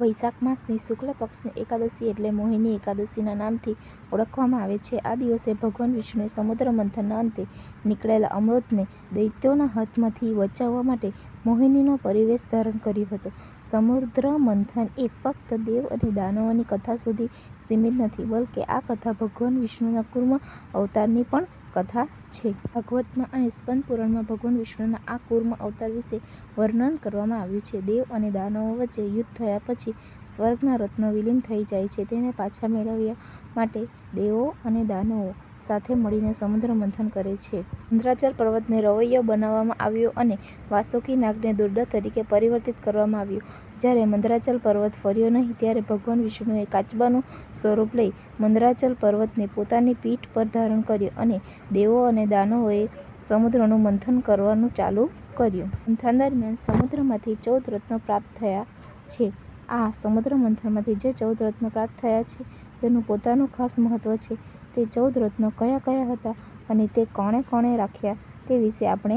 વૈશાખ માસની શુક્લ પક્ષની એકાદશી એટલે 'મોહિની એકાદશી'ના નામથી ઓળખવામાં આવે છે. આ દિવસે ભગવાન વિષ્ણુએ સમુદ્ર મંથનના અંતે નીકળેલા અમૃતને દૈત્યોના હાથમાંથી બચાવવા માટે મોહિનીનો પરિવેશ ધારણ કર્યો હતો. સમુદ્ર મંથન એ ફક્ત દેવ અને દાનવોની કથા સુધી સીમિત નથી બલ્કે આ કથા ભગવાન વિષ્ણુનાં કૂર્મ અવતારની પણ કથા છે. ભાગવતમાં અને સ્કંદ પુરાણમાં ભગવાન વિષ્ણુનાં આ કૂર્મ અવતાર વિષે વર્ણન કરવામાં આવ્યું છે. દેવ અને દાનવો વચ્ચે યુદ્ધ થયા પછી સ્વર્ગના રત્નો વિલીન થઈ જાય છે. તેને પાછા મેળયવવા માટે દેવો અને દાનવો સાથે મળીને સમુદ્રમંથન કરે છે. મંદરાચલ પર્વતને રવૈયો બનાવવામાં આવ્યો અને વાસુકી નાગને દોરડાં તરીકે પરિવર્તિત કરવામાં આવ્યો. જ્યારે મંદરાચલ પર્વત ફર્યો નહીં ત્યારે ભગવાન વિષ્ણુએ કાચબાનું સ્વરૂપ લઈ મંદરાચલ પર્વતને પોતાની પીઠ પર ધારણ કર્યો અને દેવો-દાનવોએ સમુદ્રનું મંથન કરવાનું ચાલું કર્યું. મંથન દરમ્યાન સમુદ્રમાંથી ચૌદ રત્નો પ્રાપ્ત થયાં છે. આ સમુદ્ર મંથનમાંથી જે ચૌદ રત્નો પ્રાપ્ત થયાં છે તેનું પોતાનું ખાસ મહત્વ છે તે ચૌદ રત્નો ક્યા ક્યા હતા અને તે કોણે કોણે રાખ્યા તે વિષે આપણે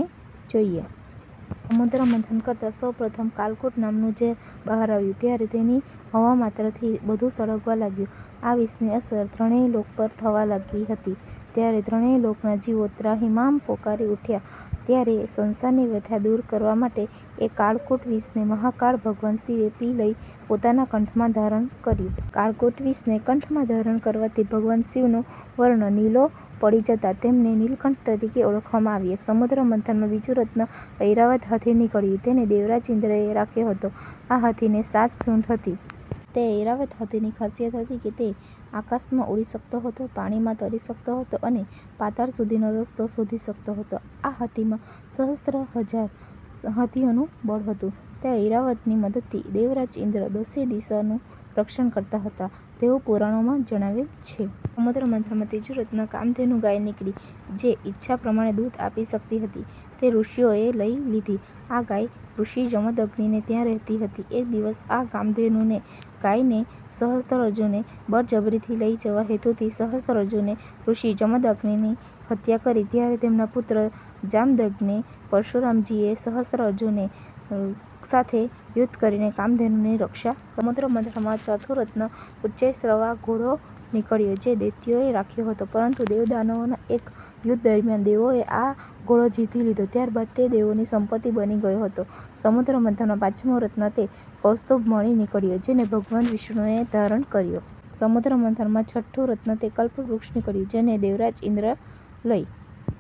જોઈએ. સમુદ્રમંથન કરતા સૌ પ્રથમ કાલકૂટ નામનું ઝેર બહાર આવ્યું ત્યારે તેની હવામાત્રથી બધું સળગવા લાગ્યું. આ વિષની અસર ત્રણેય લોક પર થવા લાગી હતી ત્યારે ત્રણેય લોકનાં જીવો ત્રાહિમામ પોકારી ઉઠ્યા ત્યારે સંસારની વ્યથા દૂર કરવા માટે એ કાળકૂટ વિષને મહાકાળ ભગવાન શિવે પી લઇ પોતાના કંઠમાં ધારણ કર્યું. કાળકૂટ વિષને કંઠમાં ધારણ કરવાથી ભગવાન શિવનો વર્ણ નીલો પડી જતાં તેમને નીલકંઠ તરીકે ઓળખવામાં આવ્યાં. સમુદ્ર મંથન માં બીજું રત્ન ઐરાવત હાથી નીકળ્યો તેને દેવરાજ ઈન્દ્રએ રાખ્યો હતો. આ હાથીને સાત સૂંઢ હતી. તે ઐરાવત હાથીની ખાસિયત હતી કે તે આકાશમાં ઉડી શકતો હતો, પાણીમાં તરી શકતો હતો અને પાતાળ સુધીનો રસ્તો શોધી શકતો હતો આ હાથીમાં સહસ્ત્રહજાર હાથીઓનું બળ હતું. તે ઐરાવતની મદદથી દેવરાજ ઈન્દ્ર દશે દિશાનું રક્ષણ કરતા હતાં તેવું પુરાણોમાં જણાવેલ છે. સમુદ્ર મંથન માં ત્રીજું રત્ન કામધેનુ ગાય નીકળી જે ઈચ્છા પ્રમાણે દૂધ, આપી શકતી હતી તે ઋષીઓએ લઈ લીધી આ ગાય ઋષિ જમદગ્નિને ત્યાં રહેતી હતી એક દિવસ આ કામધેનુને ગાયને સહસ્ત્રાર્જુન બળજબરીથી લઈ જવા હેતુથી સહસ્ત્રાર્જુને ઋષિ જમદાગ્નિની હત્યા કરી ત્યારે તેમના પુત્ર જામદગ્નૈ પરશુરામજીએ સહસ્ત્રાર્જુન સાથે યુદ્ધ કરીને કામધેનુની રક્ષા કરી. સમુદ્ર મંથન માં ચોથું રત્ન ઉચ્ચૈઃશ્રવા ઘોડો નિકળ્યો જે દૈત્યોએ રાખ્યો હતો. પરંતુ દેવ-દાનવોના એક યુધ્ધ દરમ્યાન દેવોએ આ ઘોડો જીતી લીધો ત્યારબાદ તે દેવોની સંપતિ બની ગયો હતો. સમુદ્ર મંથનમાં પાંચમું રત્ન તે કૌસ્તુભમણિ નીકળ્યો જેને ભગવાન વિષ્ણુએ ધારણ કર્યો. સમુદ્ર મંથન માં છઠ્ઠું રત્ન તે કલ્પવૃક્ષ નીકળ્યું જેને દેવરાજ ઇન્દ્ર લઈ